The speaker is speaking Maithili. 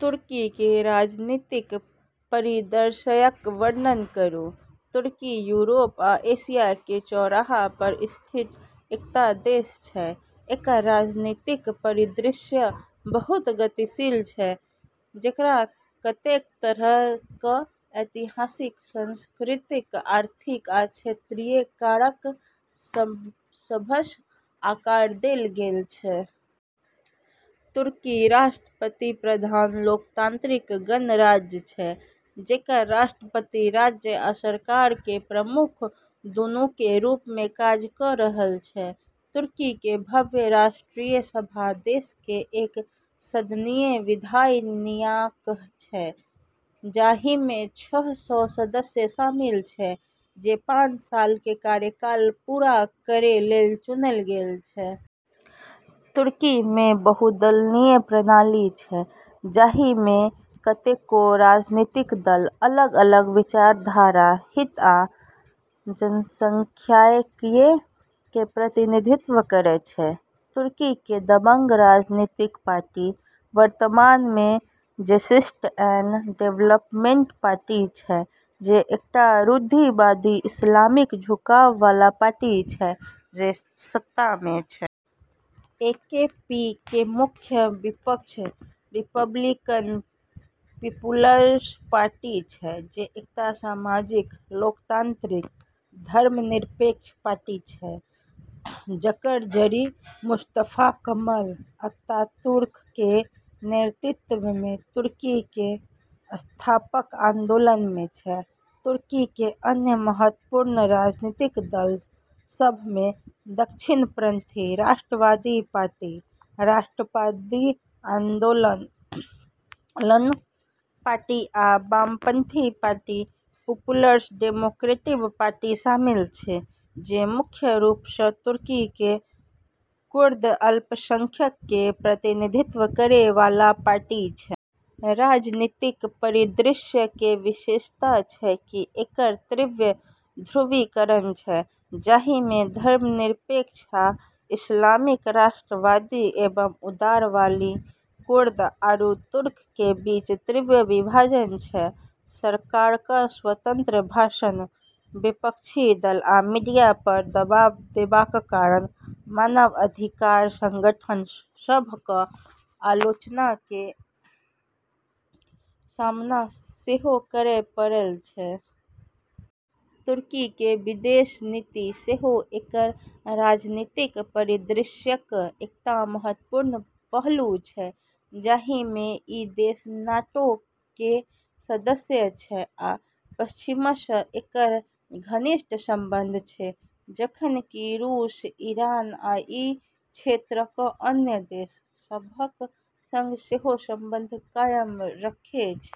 तुर्की के राजनीतिक परिदृश्यक वर्णन करू:- तुर्की यूरोप आ एशिया के चौराहा पर स्थित एकटा देश छै, एकर राजनीतिक परिदृश्य बहुत गतिशील छै, जकरा कतेक तरहक ऐतिहासिक, सांस्कृतिक, आर्थिक आ क्षेत्रीय कारक सभसँ आकार देल गेल छै। तुर्की राष्ट्रपति-प्रधान लोकतांत्रिक गणराज्य छै, जकर राष्ट्रपति राज्य आ सरकार के प्रमुख दुनूके रूप मे काज क' रहल छै। तुर्की के भव्य राष्ट्रीय सभा देश के एक सदनीय विधायी निकाय छै, जाहिमे छह सौ सदस्य शामिल छै जे पाँच साल के कार्यकाल पूरा करै लेल चुनल गेल छै। तुर्की मे बहुदलीय प्रणाली छै, जाहिमे कतेको राजनीतिक दल अलग-अलग विचारधारा, हित आ जनसांख्यिकीय के प्रतिनिधित्व करै छै। तुर्की के दबंग राजनीतिक पार्टी वर्तमान मे जस्टिस एंड डेवलपमेंट पार्टी छै, जे एकटा रूढ़िवादी, इस्लामिक झुकाववला पार्टी छै जे सत्ता मे छै। ए के पी के मुख्य विपक्ष रिपब्लिकन पीपुल्स पार्टी छै, जे एकटा सामाजिक लोकतांत्रिक, धर्मनिरपेक्ष पार्टी छै जकर जड़ि मुस्तफा कमल अतातुर्क के नेतृत्व मे तुर्की के संस्थापक आंदोलन मे छै। तुर्की के अन्य महत्वपूर्ण राजनीतिक दल सभ में दक्षिणपंथी राष्ट्रवादी पार्टी राष्ट्रवादी आंदोलन पार्टी आ वामपंथी पार्टी पीपुल्स डेमोक्रेटिक पार्टी शामिल छै, जे मुख्य रूपसँ तुर्की के कुर्द अल्पसंख्यक के प्रतिनिधित्व करै वाला पार्टी छै। राजनीतिक परिदृश्य के विशेषता छै कि एकर तीव्र ध्रुवीकरण छै, जाहिमे धर्मनिरपेक्ष आ इस्लामिक, राष्ट्रवादी एवं उदारवादी, कुर्द आरू तुर्क के बीच तीव्र विभाजन छै। सरकारक स्वतंत्र भाषण, विपक्षी दल, आ मीडिया पर दबाव देबाक कारण मानव अधिकार संगठन सभ के आलोचना के सामना सेहो करय पड़ल छै। तुर्की के विदेश नीति सेहो एकर राजनीतिक परिदृश्यक एकटा महत्वपूर्ण पहलू छै, जाहिमे ई देश नाटो के सदस्य छै आ पश्चिमसँ एकर घनिष्ठ संबंध छै, जखन कि रूस, ईरान आ ई क्षेत्रके अन्य देश सभक संग सेहो संबंध कायम रखै छै।